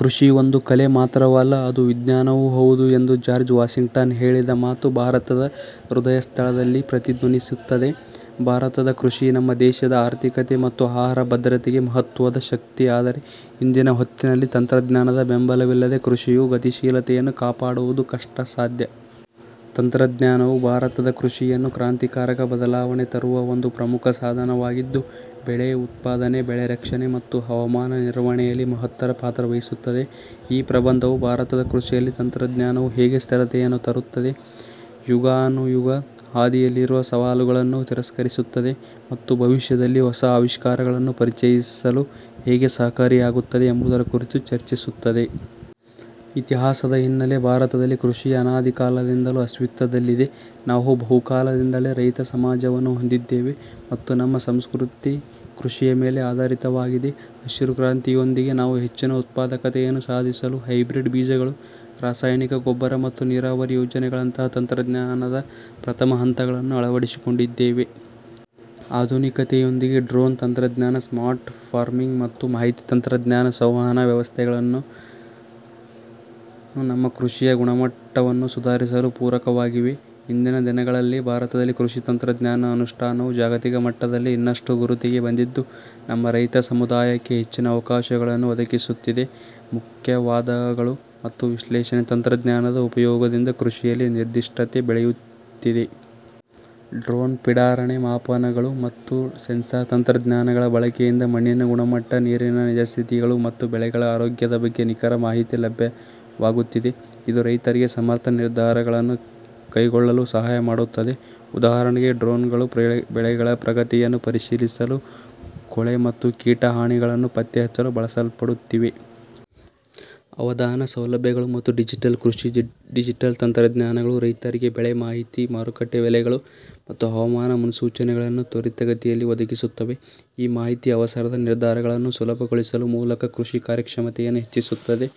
"ಕೃಷಿ ಒಂದು ಕಲೆ ಮಾತ್ರವಲ್ಲ, ಅದು ವಿಜ್ಞಾನವೂ ಹೌದು" ಎಂದು ಜಾರ್ಜ್ ವಾಷಿಂಗ್ಟನ್ ಹೇಳಿದ ಮಾತು ಭಾರತದ ಹೃದಯಸ್ಥಲದಲ್ಲಿ ಪ್ರತಿಧ್ವನಿಸುತ್ತದೆ. ಭಾರತದ ಕೃಷಿ, ನಮ್ಮ ದೇಶದ ಆರ್ಥಿಕತೆ ಮತ್ತು ಆಹಾರ ಭದ್ರತೆಗೆ ಮಹತ್ವದ ಶಕ್ತಿ. ಆದರೆ ಇಂದಿನ ಹೊತ್ತಿನಲ್ಲಿ, ತಂತ್ರಜ್ಞಾನದ ಬೆಂಬಲವಿಲ್ಲದೆ ಕೃಷಿಯು ಗತಿಶೀಲತೆಯನ್ನು ಕಾಪಾಡುವುದು ಕಷ್ಟಸಾಧ್ಯ. ತಂತ್ರಜ್ಞಾನವು ಭಾರತದ ಕೃಷಿಯನ್ನು ಕ್ರಾಂತಿಕಾರಕ ಬದಲಾವಣೆ ತರುವ ಒಂದು ಪ್ರಮುಖ ಸಾಧನವಾಗಿದ್ದು, ಬೆಳೆ ಉತ್ಪಾದನೆ, ಬೆಳೆ ರಕ್ಷಣೆ, ಮತ್ತು ಹವಾಮಾನ ನಿರ್ವಹಣೆಯಲ್ಲಿ ಮಹತ್ತರ ಪಾತ್ರ ವಹಿಸುತ್ತದೆ. ಈ ಪ್ರಬಂಧವು, ಭಾರತದ ಕೃಷಿಯಲ್ಲಿ ತಂತ್ರಜ್ಞಾನವು ಹೇಗೆ ಸ್ಥಿರತೆಯನ್ನು ತರುತ್ತದೆ, ಯುಗಾನುಯುಗ ಹಾದಿಯಲ್ಲಿರುವ ಸವಾಲುಗಳನ್ನು ತಿರಸ್ಕರಿಸುತ್ತದೆ, ಮತ್ತು ಭವಿಷ್ಯದಲ್ಲಿ ಹೊಸ ಆವಿಷ್ಕಾರಗಳನ್ನು ಪರಿಚಯಿಸಲು ಹೇಗೆ ಸಹಕಾರಿಯಾಗುತ್ತದೆ ಎಂಬುದರ ಕುರಿತು ಚರ್ಚಿಸುತ್ತದೆ. ಇತಿಹಾಸದ ಹಿನ್ನಲೆ ಭಾರತದಲ್ಲಿ ಕೃಷಿ ಅನಾದಿಕಾಲದಿಂದಲೂ ಅಸ್ತಿತ್ವದಲ್ಲಿದೆ. ನಾವು ಬಹುಕಾಲದಿಂದಲೇ ರೈತ ಸಮಾಜವನ್ನು ಹೊಂದಿದ್ದೇವೆ, ಮತ್ತು ನಮ್ಮ ಸಂಸ್ಕೃತಿ ಕೃಷಿಯ ಮೇಲೆ ಆಧಾರಿತವಾಗಿದೆ. ಹಸಿರು ಕ್ರಾಂತಿಯೊಂದಿಗೆ, ನಾವು ಹೆಚ್ಚಿನ ಉತ್ಪಾದಕತೆಯನ್ನು ಸಾಧಿಸಲು ಹೈಬ್ರಿಡ್ ಬೀಜಗಳು, ರಾಸಾಯನಿಕ ಗೊಬ್ಬರ, ಮತ್ತು ನೀರಾವರಿ ಯೋಜನೆಗಳಂತಹ ತಂತ್ರಜ್ಞಾನದ ಪ್ರಥಮ ಹಂತಗಳನ್ನು ಅಳವಡಿಸಿಕೊಂಡಿದ್ದೇವೆ. ಆಧುನಿಕತೆಯೊಂದಿಗೆ, ಡ್ರೋನ್ ತಂತ್ರಜ್ಞಾನ, ಸ್ಮಾರ್ಟ್ ಫಾರ್ಮಿಂಗ್, ಮತ್ತು ಮಾಹಿತಿ ತಂತ್ರಜ್ಞಾನ ಸಂವಹನ ವ್ಯವಸ್ಥೆಗಳು ನಮ್ಮ ಕೃಷಿಯ ಗುಣಮಟ್ಟವನ್ನು ಸುಧಾರಿಸಲು ಪೂರಕವಾಗಿವೆ. ಇಂದಿನ ದಿನಗಳಲ್ಲಿ, ಭಾರತದಲ್ಲಿ ಕೃಷಿ ತಂತ್ರಜ್ಞಾನದ ಅನುಷ್ಠಾನವು ಜಾಗತಿಕ ಮಟ್ಟದಲ್ಲಿ ಇನ್ನಷ್ಟು ಗುರುತಿಗೆ ಬಂದಿದ್ದು, ನಮ್ಮ ರೈತ ಸಮುದಾಯಕ್ಕೆ ಹೆಚ್ಚಿನ ಅವಕಾಶಗಳನ್ನು ಒದಗಿಸುತ್ತಿದೆ. ಮುಖ್ಯ ವಾದಗಳು ಮತ್ತು ವಿಶ್ಲೇಷಣೆ ತಂತ್ರಜ್ಞಾನದ ಉಪಯೋಗದಿಂದ ಕೃಷಿಯಲ್ಲಿ ನಿರ್ದಿಷ್ಟತೆ ಬೆಳೆಯುತ್ತಿದೆ. ಡ್ರೋನ್ ಪಿಡಾರಣೆ, ಮಾಪನಗಳು, ಮತ್ತು ಸೆನ್ಸಾರ್ ತಂತ್ರಜ್ಞಾನಗಳ ಬಳಕೆಯಿಂದ ಮಣ್ಣಿನ ಗುಣಮಟ್ಟ, ನೀರಿನ ನಿಜಸ್ಥಿತಿಗಳು, ಮತ್ತು ಬೆಳೆಗಳ ಆರೋಗ್ಯದ ಬಗ್ಗೆ ನಿಖರ ಮಾಹಿತಿ ಲಭ್ಯವಾಗುತ್ತಿದೆ. ಇದು ರೈತರಿಗೆ ಸಮರ್ಥ ನಿರ್ಧಾರಗಳನ್ನು ಕೈಗೊಳ್ಳಲು ಸಹಾಯ ಮಾಡುತ್ತದೆ. ಉದಾಹರಣೆಗೆ, ಡ್ರೋನ್ಗಳು ಬೆಳೆಗಳ ಪ್ರಗತಿಯನ್ನು ಪರಿಶೀಲಿಸಲು, ಕೊಳೆ ಮತ್ತು ಕೀಟ ಹಾನಿಗಳನ್ನು ಪತ್ತೆಹಚ್ಚಲು ಬಳಸಲ್ಪಡುತ್ತಿವೆ. ಅವಧಾನ ಸೌಲಭ್ಯಗಳು ಮತ್ತು ಡಿಜಿಟಲ್ ಕೃಷಿ ಡಿಜಿಟಲ್ ತಂತ್ರಜ್ಞಾನಗಳು ರೈತರಿಗೆ ಬೆಳೆ ಮಾಹಿತಿ, ಮಾರುಕಟ್ಟೆ ಬೆಲೆಗಳು, ಮತ್ತು ಹವಾಮಾನ ಮುನ್ಸೂಚನೆಗಳನ್ನು ತ್ವರಿತಗತಿಯಲ್ಲಿ ಒದಗಿಸುತ್ತವೆ. ಈ ಮಾಹಿತಿ ಅವಸರದ ನಿರ್ಧಾರಗಳನ್ನು ಸುಲಭಗೊಳಿಸುವ ಮೂಲಕ ಕೃಷಿ ಕಾರ್ಯಕ್ಷಮತೆಯನ್ನು ಹೆಚ್ಚಿಸುತ್ತದೆ.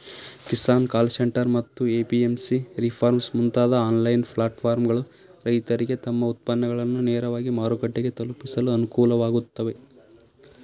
'ಕಿಸಾನ್ ಕಾಲ್ ಸೆಂಟರ್' ಮತ್ತು 'ಎಪಿಎಂಸಿ ರಿಫಾರ್ಮ್ಸ್' ಮುಂತಾದ ಆನ್ಲೈನ್ ಪ್ಲಾಟ್ಫಾರ್ಮ್ಗಳು, ರೈತರಿಗೆ ತಮ್ಮ ಉತ್ಪನ್ನಗಳನ್ನು ನೇರವಾಗಿ ಮಾರುಕಟ್ಟೆಗೆ ತಲುಪಿಸಲು ಅನುಕೂಲವಾಗುತ್ತವೆ.